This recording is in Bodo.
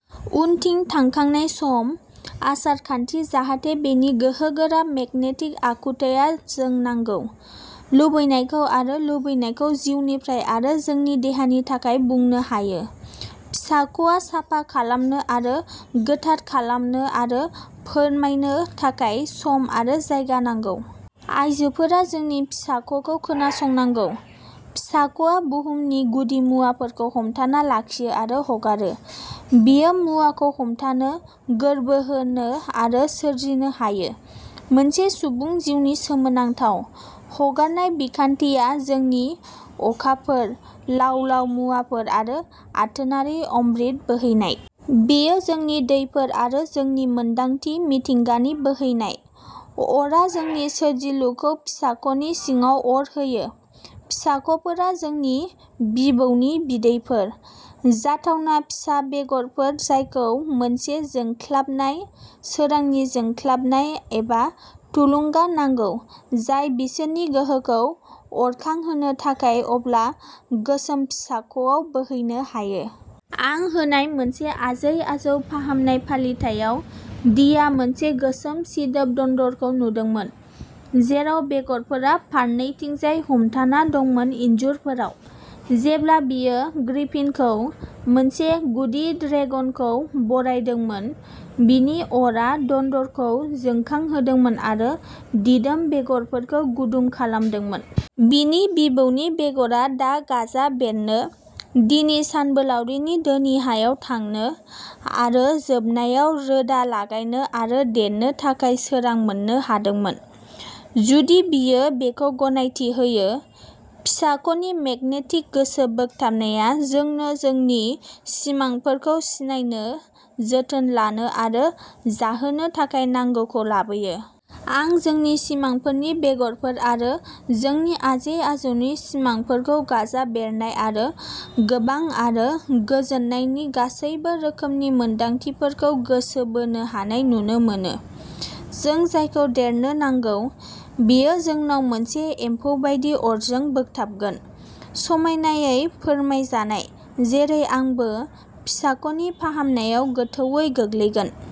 उनथिं थांखांनाय सम, आसार खान्थि जाहाथे बेनि गोहोगोरा मेगनेटिक आखुथाया जों नांगौ, लुबैनायखौ आरो लुबैनायखौ जिउनिफ्राय आरो जोंनि देहानि थाखाय बुंनो हायो। फिसाख'आ साफा खालामनो आरो गोथार खालामनो आरो फोरमायनो थाखाय सम आरो जायगा नांगौ। आइजोफोरा जोंनि फिसाख'खौ खोनासंनांगौ। फिसाख'आ बुहुमनि गुदिमुवाफोरखौ हमथाना लाखियो आरो हगारो बेयो मुवाखौ हमथानो, गोर्बो होनो आरो सोरजिनो हायो, मोनसे सुबुं जिउनि सोमोनांथाव। हगारनाय बिखान्थिया जोंनि अखाफोर, लाव लाव मुवाफोर आरो आथोनारि अमृत बोहैनाय। बेयो जोंनि दैफोर आरो जोंनि मोन्दांथि मिथिंगानि बोहैनाय। अरआ जोंनि सोरजिलुखौ फिसाख'नि सिङाव अर होयो। फिसाख'फोरा जोंनि बिबौनि बिदैफोर। जाथावना फिसा बेगरफोर जायखौ मोनसे जोंख्लाबनाय, सोरांनि जोंख्लाबनाय एबा थुलुंगा नांगौ जाय बिसोरनि गोहोखौ अरखांहोनो थाखाय अब्ला गोसोम फिसाख'आव बोहैनो हायो। आं होनाय मोनसे आजै आजौ फाहामनाय फालिथायाव, डीआ मोनसे गोसोम सिदोब दन्दरखौ नुदोंमोन, जेराव बेगरफोरा फारनैथिंजाय हमथाना दंमोन इन्जुरफोराव। जेब्ला बियो ग्रिफिनखौ, मोनसे गुदि ड्रेगनखौ बरायदोंमोन, बिनि अरआ दन्दरखौ जोंखांहोदोंमोन आरो दिदोम बेगरफोरखौ गुदुं खालामदोंमोन। बिनि बिबौनि बेगरा दा गाजा बेरनो, डीनि सानबोलावरिनि धोनि हायाव थांनो, आरो जोबनायाव रोदा लागायनो आरो देरनो थाखाय सोरां मोननो हादोंमोन, जुदि बियो बेखौ गनायथि होयो। फिसाख'नि मेगनेटिक गोसो बोगथाबनाया जोंनो जोंनि सिमांफोरखौ सिनायनो, जोथोन लानो आरो जाहोनो थाखाय नांगौखौ लाबोयो। आं जोंनि सिमांफोरनि बेगरफोर आरो जोंनि आजै आजौनि सिमांफोरखौ गाजा बेरनाय आरो गोबां आरो गोजोननायनि गासैबो रोखोमनि मोनदांथिफोरखौ गोसो बोनो हानाय नुनो मोनो। जों जायखौ देरनो नांगौ, बेयो जोंनाव मोनसे एम्फौ बायदि अरजों बोगथाबगोन। समायनायै फोरमायजानाय, जेरै आंबो, फिसाख'नि फाहामनायाव गोथौवै गोग्लैगोन।